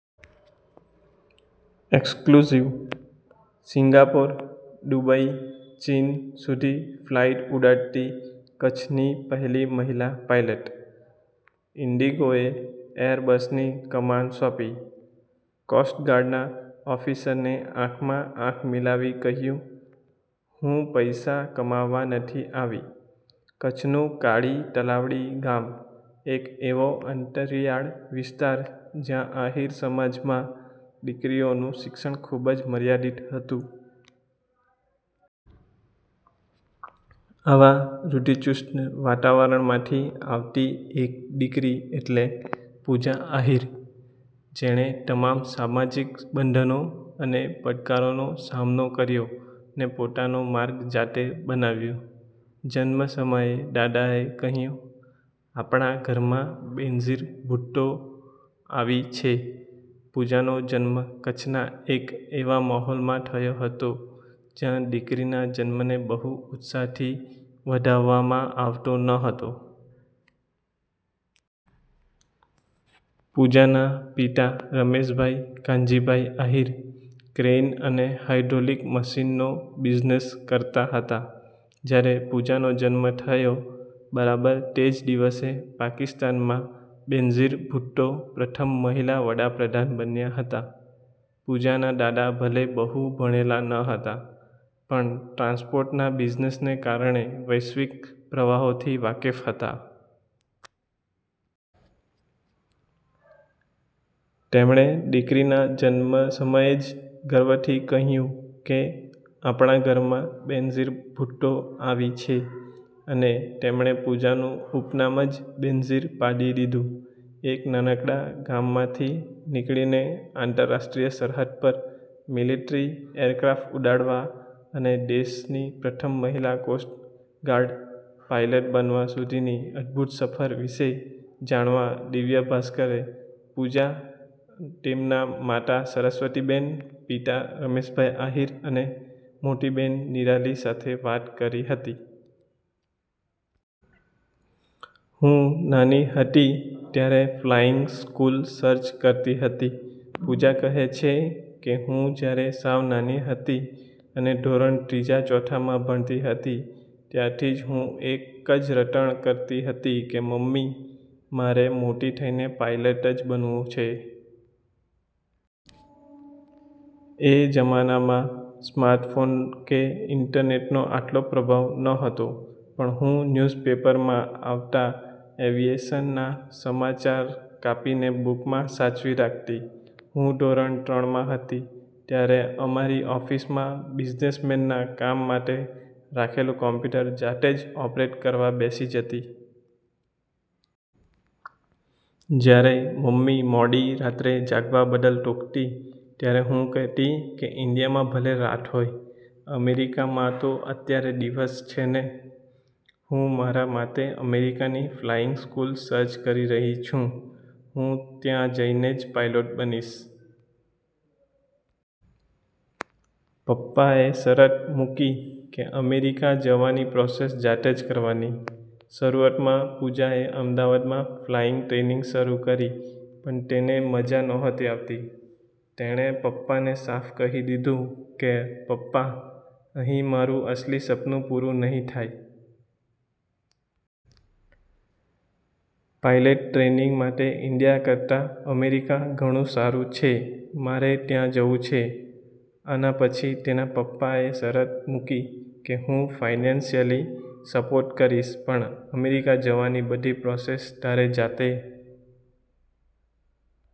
Exclusive: Singapore, Dubai, ચીન સુધી flight ઉડાડતી કચ્છની પહેલી મહિલા પાયલટ. ઇન્ડિગોએ એર બસની કમાન સોંપી, કોસ્ટ ગાર્ડના ઓફિસરને આંખમાં આંખ મિલાવી કહ્યું- "હું પૈસા કમાવા નથી આવી. કચ્છનું કાળી તલાવડી ગામ. એક એવો અંતરિયાળ વિસ્તાર જ્યાં આહીર સમાજમાં દીકરીઓનું શિક્ષણ ખૂબ જ મર્યાદિત હતું. આવા રૂઢિચુસ્ત વાતાવરણમાંથી આવતી એક દીકરી એટલે પૂજા આહીર. જેણે તમામ સામાજિક બંધનો અને પડકારોનો સામનો કર્યો ને પોતાનો માર્ગ જાતે બનાવ્યુ. જન્મ સમયે દાદાએ કહ્યું,"આપણા ઘરમાં બેનઝીર ભુટ્ટો આવી છે." પૂજાનો જન્મ કચ્છના એક એવા માહોલમાં થયો હતો જ્યાં દીકરીના જન્મને બહુ ઉત્સાહથી વધાવવામાં આવતો નહોતો. પૂજાના પિતા રમેશભાઇ કાનજીભાઇ આહીર ક્રેઇન અને હાઇડ્રોલિક મશીનનો બિઝનેસ કરતા હતા. જ્યારે પૂજાનો જન્મ થયો, બરાબર તે જ દિવસે પાકિસ્તાનમાં બેનઝીર ભુટ્ટો પ્રથમ મહિલા વડાપ્રધાન બન્યા હતા. પૂજાના દાદા ભલે બહુ ભણેલા નહોતા, પણ ટ્રાન્સપોર્ટના બિઝનેસને કારણે વૈશ્વિક પ્રવાહોથી વાકેફ હતા. તેમણે દીકરીના જન્મ સમયે જ ગર્વથી કહ્યું કે,"આપણા ઘરમાં બેનઝીર ભુટ્ટો આવી છે," અને તેમણે પૂજાનું ઉપનામ જ બેનઝીર પાડી દીધું. એક નાનકડા ગામડામાંથી નીકળીને આંતરરાષ્ટ્રીય સરહદ પર મિલિટરી એરક્રાફ્ટ ઉડાડવા અને દેશની પ્રથમ મહિલા કોસ્ટ ગાર્ડ પાયલોટ બનવા સુધીની અદભૂત સફર વિશે જાણવા દિવ્ય ભાસ્કરે પૂજા, તેમના માતા સરસ્વતીબેન, પિતા રમેશભાઈ આહીર, અને મોટી બહેન નિરાલી સાથે વાત કરી હતી. "હું નાની હતી ત્યારે ફ્લાઇંગ સ્કૂલ સર્ચ કરતી હતી". પૂજા કહે છે કે, "હું જ્યારે સાવ નાની હતી, અને ધોરણ ત્રીજા-ચૌથામાં ભણતી હતી ત્યારથી જ હું એક જ રટણ કરતી હતી કે "મમ્મી, મારે મોટી થઇને પાયલોટ જ બનવું છે." એ જમાનામાં સ્માર્ટફોન કે ઇન્ટરનેટનો આટલો પ્રભાવ નહોતો પણ હું ન્યૂઝપેપરમાં આવતા એવિએશનના સમાચાર કાપીને બૂકમાં સાચવી રાખતી. હું ધોરણ ત્રણ માં હતી, ત્યારે અમારી ઓફિસમાં બિઝનેસના કામ માટે રાખેલું કોમ્પ્યુટર જાતે જ ઓપરેટ કરવા બેસી જતી. જ્યારે મમ્મી મોડી રાત્રે જાગવા બદલ ટોકતી, ત્યારે હું કહેતી કે ઇન્ડિયામાં ભલે રાત હોય, અમેરિકામાં તો અત્યારે દિવસ છે ને. હું મારા માટે અમેરિકાની ફ્લાઇંગ સ્કૂલ સર્ચ કરી રહી છું. હું ત્યાં જઇને જ પાયલોટ બનીશ. પપ્પાએ શરત મુકી કે અમેરિકા જવાની પ્રોસેસ જાતે જ કરવાની. શરૂઆતમાં પૂજાએ અમદાવાદમાં ફ્લાઇંગ ટ્રેનિંગ શરૂ કરી પણ તેને મજા નહોતી આવતી. તેણે પપ્પાને સાફ કહી દીધું કે, "પપ્પા, અહીં મારું અસલી સપનું પૂરું નહીં થાય. પાયલોટ ટ્રેનિંગ માટે ઇન્ડિયા કરતાં અમેરિકા ઘણું સારું છે, મારે ત્યાં જવું છે." આના પછી તેના પપ્પાએ શરત મૂકી કે, "હું ફાઇનાન્સિયલી સપોર્ટ કરીશ પણ અમેરિકા જવાની બધી પ્રોસેસ તારે જાતે